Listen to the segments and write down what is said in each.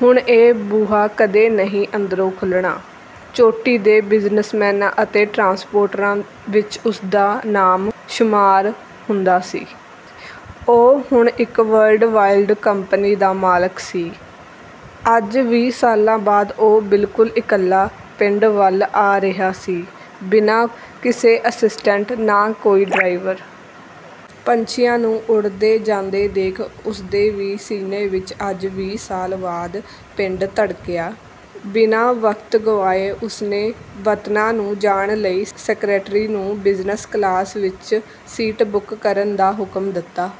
ਹੁਣ ਇਹ ਬੂਹਾ ਕਦੇ ਨਹੀ ਅੰਦਰੋ ਖੁੱਲਣਾ। ਚੋਟੀ ਦੇ ਬਿਜ਼ਨਸਮੈਨਾਂ ਅਤੇ ਟਰਾਂਸਪੋਰਟਰਾਂ ਵਿੱਚ ਉਸਦਾ ਨਾਮ ਸ਼ੁਮਾਰ ਹੁੰਦਾ ਸੀ। ਉਹ ਹੁਣ ਇੱਕ ਵਰਲਡ-ਵਾਈਡ ਕੰਪਨੀ ਦਾ ਮਾਲਕ ਸੀ। ਅੱਜ ਵੀਹ ਸਾਲਾ ਬਾਅਦ ਉਹ ਬਿਲਕੁਲ ਇਕੱਲਾ ਪਿੰਡ ਵੱਲ ਆ ਰਿਹਾ ਸੀ ਬਿਨਾ ਕਿਸੇ ਅਸਿਸਟੈਂਟ, ਨਾ ਕੋਈ ਡਰਾਇਵਰ। ਪੰਛੀਆ ਨੂੰ ਉੱਡਦੇ ਜਾਂਦੇ ਦੇਖ ਉਸਦੇ ਵੀ ਸੀਨੇ ਵਿੱਚ ਅੱਜ ਵੀਹ ਸਾਲਾ ਬਾਅਦ ਪਿੰਡ ਧੜਕਿਆ, ਬਿਨਾ ਵਕਤ ਗੁਆਏ ਉਸਨੇ ਵਤਨਾਂ ਨੂੰ ਜਾਣ ਲਈ ਸੈਕੇਟਰੀ ਨੂੰ ਬਿਜਨਸ਼ ਕਲਾਸ ਵਿੱਚ ਸੀਟ ਬੁੱਕ ਕਰਨ ਦਾ ਹੁਕਮ ਦਿੱਤਾ।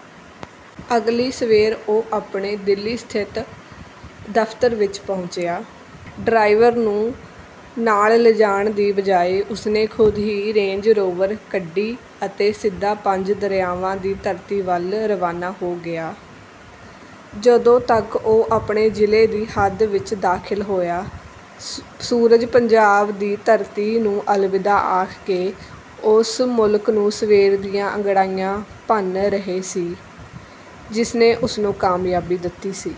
ਅਗਲੀ ਸਵੇਰ ਉਹ ਆਪਣੇ ਦਿੱਲੀ ਸਥਿਤ ਦਫ਼ਤਰ ਪਹੁੰਚਿਆ, ਡਰਾਈਵਰ ਨੂੰ ਨਾਲ ਲਿਜਾਣ ਦੀ ਬਜਾਏ ਉਸਨੇ ਖੁਦ ਹੀ ਰੇਂਜ ਰੋਵਰ ਕੱਢੀ ਅਤੇ ਸਿੱਧਾ ਪੰਜ ਦਰਿਆਵਾਂ ਦੀ ਧਰਤੀ ਵੱਲ ਰਵਾਨਾ ਹੋ ਗਿਆ। ਜਦੋਂ ਤੱਕ ਉਹ ਆਪਣੇ ਜ਼ਿਲ੍ਹੇ ਦੀ ਹੱਦ ਵਿੱਚ ਦਾਖ਼ਲ ਹੋਇਆ, ਸੂਰਜ ਪੰਜਾਬ ਦੀ ਧਰਤੀ ਨੂੰ ਅਲਵਿਦਾ ਆਖ ਕੇ ਉਸ ਮੁਲਕ ਨੂੰ ਸਵੇਰ ਦੀਆਂ ਅੰਗੜਾਈਆਂ ਭੰਨ ਰਿਹਾ ਸੀ, ਜਿਸ ਨੇ ਉਸਨੂੰ ਕਾਮਯਾਬੀ ਦਿੱਤੀ ਸੀ।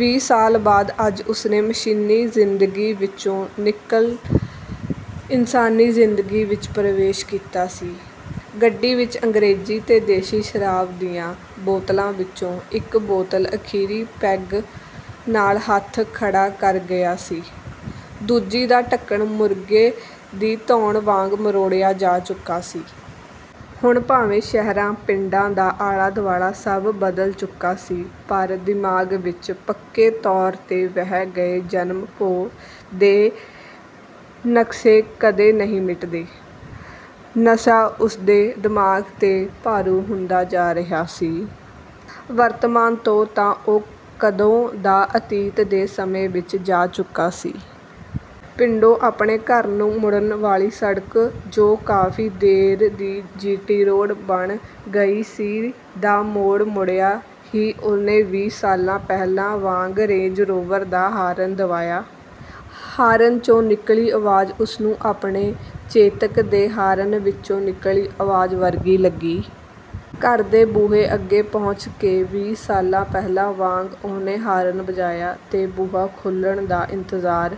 ਵੀਹ ਸਾਲਾ ਬਾਅਦ ਅੱਜ ਉਸਨੇ ਮਸ਼ੀਨੀ ਜ਼ਿੰਦਗੀ ਵਿੱਚੋ ਨਿੱਕਲ ਇੰਨਸਾਨੀ ਜ਼ਿੰਦਗੀ ਵਿੱਚ ਪ੍ਰਵੇਸ਼ ਕੀਤਾ ਸੀ। ਗੱਡੀ ਵਿੱਚ ਅੰਗਰੇਜ਼ੀ ਤੇ ਦੇਸੀ ਸ਼ਰਾਬ ਦੀਆਂ ਬੋਤਲਾਂ ਵਿੱਚੋ ਇੱਕ ਬੋਤਲ ਆਖਰੀ ਪੈੱਗ ਨਾਲ ਹੱਥ ਖੜੇ ਕਰ ਗਈ ਸੀ, ਦੂਜੀ ਦਾ ਢੱਕਣ ਮੁਰਗ਼ੇ ਦੀ ਧੌਣ ਵਾਂਗ ਮਰੋੜਿਆ ਜਾ ਚੁੱਕਾ ਸੀ। ਹੁਣ ਭਾਵੇਂ ਸ਼ਹਿਰਾਂ ਪਿੰਡਾਂ ਦਾ ਆਲਾ ਦੁਆਲਾ ਸਭ ਬਦਲ ਚੁੱਕਾ ਸੀ ਪਰ ਦਿਮਾਗ ਵਿੱਚ ਪੱਕੇ ਤੌਰ ਤੇ ਵਹਿ ਗਏ ਜਨਮ ਭੋ ਦੇ ਨਕਸ਼ੇ ਕਦੋ ਨਹੀਂ ਮਿਟਦੇ। ਨਸ਼ਾ ਉਸਦੇ ਦਿਮਾਗ ਤੇ ਭਾਰੂ ਹੁੰਦਾ ਜਾ ਰਿਹਾ ਸੀ, ਵਰਤਮਾਨ ਤੋਂ ਤਾਂ ਉਹ ਕਦੋ ਦਾ ਅਤੀਤ ਦੇ ਸਮੇਂ ਵਿੱਚ ਜਾ ਚੁੱਕਾ ਸੀ। ਪਿੰਡੋਂ ਆਪਣੇ ਘਰ ਨੂੰ ਮੁੜਣ ਵਾਲੀ ਸੜਕ ਜੋ ਕਾਫ਼ੀ ਦੇਰ ਦੀ ਜੀ ਟੀ ਰੋਡ ਬਣ ਗਈ ਸੀ ਦਾ ਮੋੜ ਮੁੜਿਆ ਹੀ ਉਸਨੇ ਵੀਹ ਸਾਲਾ ਪਹਿਲਾ ਵਾਂਗ ਰੇਂਜ ਰੋਵਰ ਦਾ ਹਾਰਨ ਦੱਬਾਆ, ਹਾਰਨ ਚੋ ਨਿੱਕਲੀ ਅਵਾਜ ਉਸਨੂੰ ਆਪਣੇ ਚੇਤਕ ਦੇ ਹਾਰਨ ਵਿੱਚੋ ਨਿੱਕਲੀ ਅਵਾਜ ਵਰਗੀ ਲੱਗੀ। ਘਰਦੇ ਦੇ ਬੂਹੇ ਅੱਗੇ ਪਹੁੰਚ ਕੇ ਵੀਹ ਸਾਲਾ ਪਹਿਲਾ ਵਾਂਗ ਉਹਨੇ ਹਾਰਨ ਵਜਾਇਆ ਤੇ ਬੂਹਾ ਖੁੱਲਣ ਦਾ ਇੰਤਜਾਰ